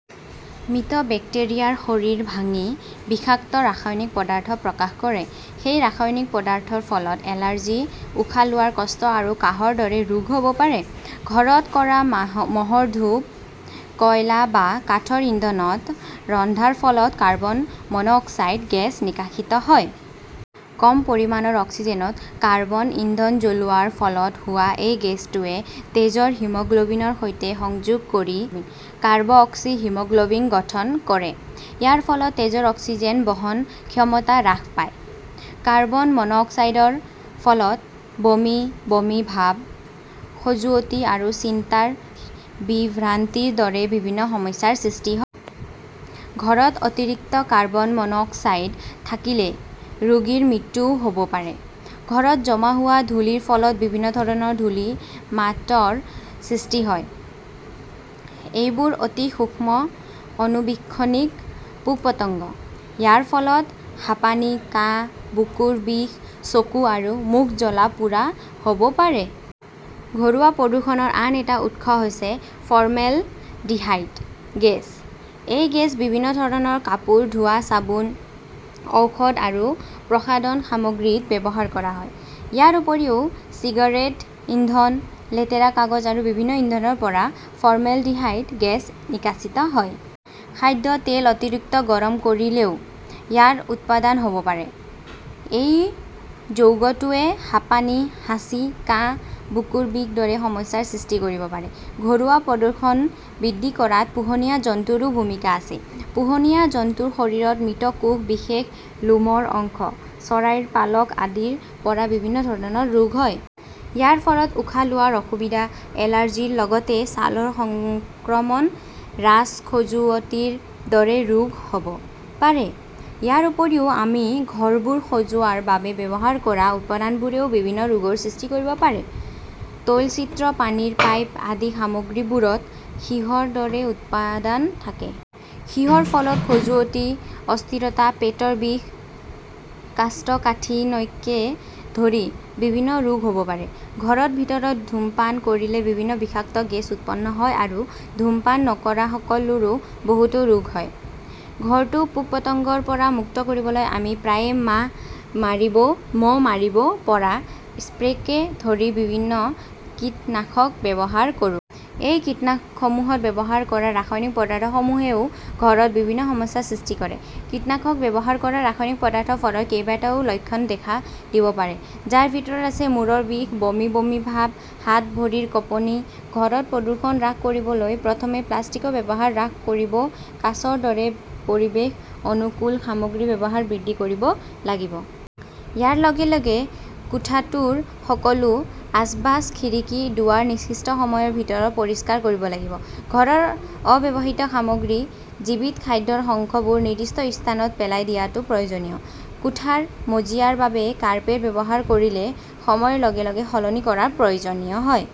মৃত বেক্টেৰিয়াৰ শৰীৰ ভাঙি বিষাক্ত ৰাসায়নিক পদাৰ্থ প্ৰকাশ কৰে। সেই ৰাসায়নিক পদাৰ্থৰ ফলত এলাৰ্জি, উশাহ লোৱাৰ কষ্ট আৰু কাহৰ দৰে ৰোগ হ'ব পাৰে। ঘৰত কৰা মহৰ ধূপ, কয়লা বা কাঠৰ ইন্ধনত ৰন্ধাৰ ফলত কাৰ্বন মনোক্সাইড গেছ নিষ্কাশিত হয়। কম পৰিমাণৰ অক্সিজেনত কাৰ্বন ইন্ধন জ্বলোৱাৰ ফলত হোৱা এই গেছটোৱে তেজৰ হিমোগ্লোবিনৰ সৈতে সংযোগ কৰি কাৰ্বক্সিহিমোগ্লোবিন গঠন কৰে। ইয়াৰ ফলত তেজৰ অক্সিজেন বহন ক্ষমতা হ্ৰাস পায়। কাৰ্বন মন অক্সাইডৰ ফলত বমি বমি ভাব, খজুৱতি আৰু চিন্তাৰ বিভ্ৰান্তিৰ দৰে বিভিন্ন সমস্যাৰ সৃষ্টি হয়। ঘৰত অতিৰিক্ত কাৰ্বন মনোক্সাইড থাকিলে ৰোগীৰ মৃত্যুও হ'ব পাৰে। ঘৰত জমা হোৱা ধূলিৰ ফলত বিভিন্ন ধৰণৰ ধূলি মাইটৰ সৃষ্টি হয়। এইবোৰ অতি সূক্ষ্ম অণুবীক্ষণিক পোক-পতংগ। ইয়াৰ ফলত হাঁপানি, কাহ, বুকুৰ বিষ, চকু আৰু মুখ জ্বলা-পোৰা হ'ব পাৰে। ঘৰুৱা প্ৰদূষণৰ আন এটা উৎস হৈছে ফৰ্মেলডিহাইড গেছ। এই গেছ বিভিন্ন ধৰণৰ কাপোৰ ধোৱা চাবোন, ঔষধ আৰু প্ৰসাধন সামগ্ৰীত ব্যৱহাৰ কৰা হয়। ইয়াৰ উপৰিও চিগাৰেট ইন্ধন, লেতেৰা কাগজ আৰু বিভিন্ন ইন্ধনৰ পৰা ফৰ্মেলডিহাইড গেছ নিষ্কাশিত হয়। খাদ্য তেল অতিৰিক্ত গৰম কৰিলেও ইয়াৰ উৎপাদন হ'ব পাৰে। এই যৌগটোৱে হাঁপানি, হাঁচি, কাহ, বুকুৰ বিষৰ দৰে সমস্যাৰ সৃষ্টি কৰিব পাৰে। ঘৰুৱা প্ৰদূষণ বৃদ্ধি কৰাত পোহনীয়া জন্তুৰো ভূমিকা আছে। পোহনীয়া জন্তুৰ শৰীৰৰ মৃত কোষ, বিশেষ লোমৰ অংশ, চৰাইৰ পালক আদিৰ পৰা বিভিন্ন ধৰণৰ ৰোগ হয়। ইয়াৰ ফলত উশাহ লোৱাৰ অসুবিধা, এলাৰ্জিৰ লগতে ছালৰ সংক্ৰমণ, ৰাছ, খজুৱতিৰ দৰে ৰোগ হ'ব পাৰে। ইয়াৰ উপৰিও আমি ঘৰবোৰ সজোৱাৰ বাবে ব্যৱহাৰ কৰা উপাদানবোৰেও বিভিন্ন ৰোগৰ সৃষ্টি কৰিব পাৰে। তৈলচিত্ৰ, পানীৰ পাইপ আদিৰ সামগ্ৰীবোৰত সীহৰ দৰে উপাদান থাকে। সীহৰ ফলত খজুৱতি, অস্থিৰতা, পেটৰ বিষ, কোষ্ঠকাঠিন্যকে ধৰি বিভিন্ন ৰোগ হ'ব পাৰে। ঘৰৰ ভিতৰত ধূমপান কৰিলে বিভিন্ন বিষাক্ত গেছ উৎপন্ন হয় আৰু ধূমপান নকৰাসকলৰো বহুতো ৰোগ হয়। ঘৰটো পোক-পতংগৰ পৰা মুক্ত কৰিবলৈ আমি প্ৰায়ে মহ মাৰিব পৰা স্প্ৰেকে ধৰি বিভিন্ন কীটনাশক ব্যৱহাৰ কৰো। এই কীটনাশকসমূহত ব্যৱহাৰ কৰা ৰাসায়নিক পদাৰ্থসমূহেও ঘৰত বিভিন্ন সমস্যাৰ সৃষ্টি কৰে। কীটনাশক ব্যৱহাৰ কৰা ৰাসায়নিক পদাৰ্থৰ ফলত কেইবাটাও লক্ষণ দেখা দিব পাৰে, যাৰ ভিতৰত আছে মূৰৰ বিষ, বমি বমি ভাব, হাত-ভৰিৰ কঁপনি। ঘৰৰ প্ৰদূষণ হ্ৰাস কৰিবলৈ প্ৰথমে প্লাষ্টিকৰ ব্যৱহাৰ হ্ৰাস কৰি কাঁচৰ দৰে পৰিৱেশ অনুকূল সামগ্ৰীৰ ব্যৱহাৰ বৃদ্ধি কৰিব লাগিব। ইয়াৰ লগে - লগে কোঠাটোৰ সকলো আচবাব, খিৰিকী, দুৱাৰ নিৰ্দিষ্ট সময়ৰ ভিতৰত পৰিষ্কাৰ কৰিব লাগিব। ঘৰৰ অব্যৱহৃত সামগ্ৰী, জীৱিত খাদ্যৰ অংশবোৰ নিৰ্দিষ্ট স্থানত পেলাই দিয়াটো প্ৰয়োজনীয়। কোঠাৰ মজিয়াৰ বাবে কাৰ্পেট ব্যৱহাৰ কৰিলে সময়ৰ লগে - লগে সলনি কৰাৰ প্ৰয়োজন হয়।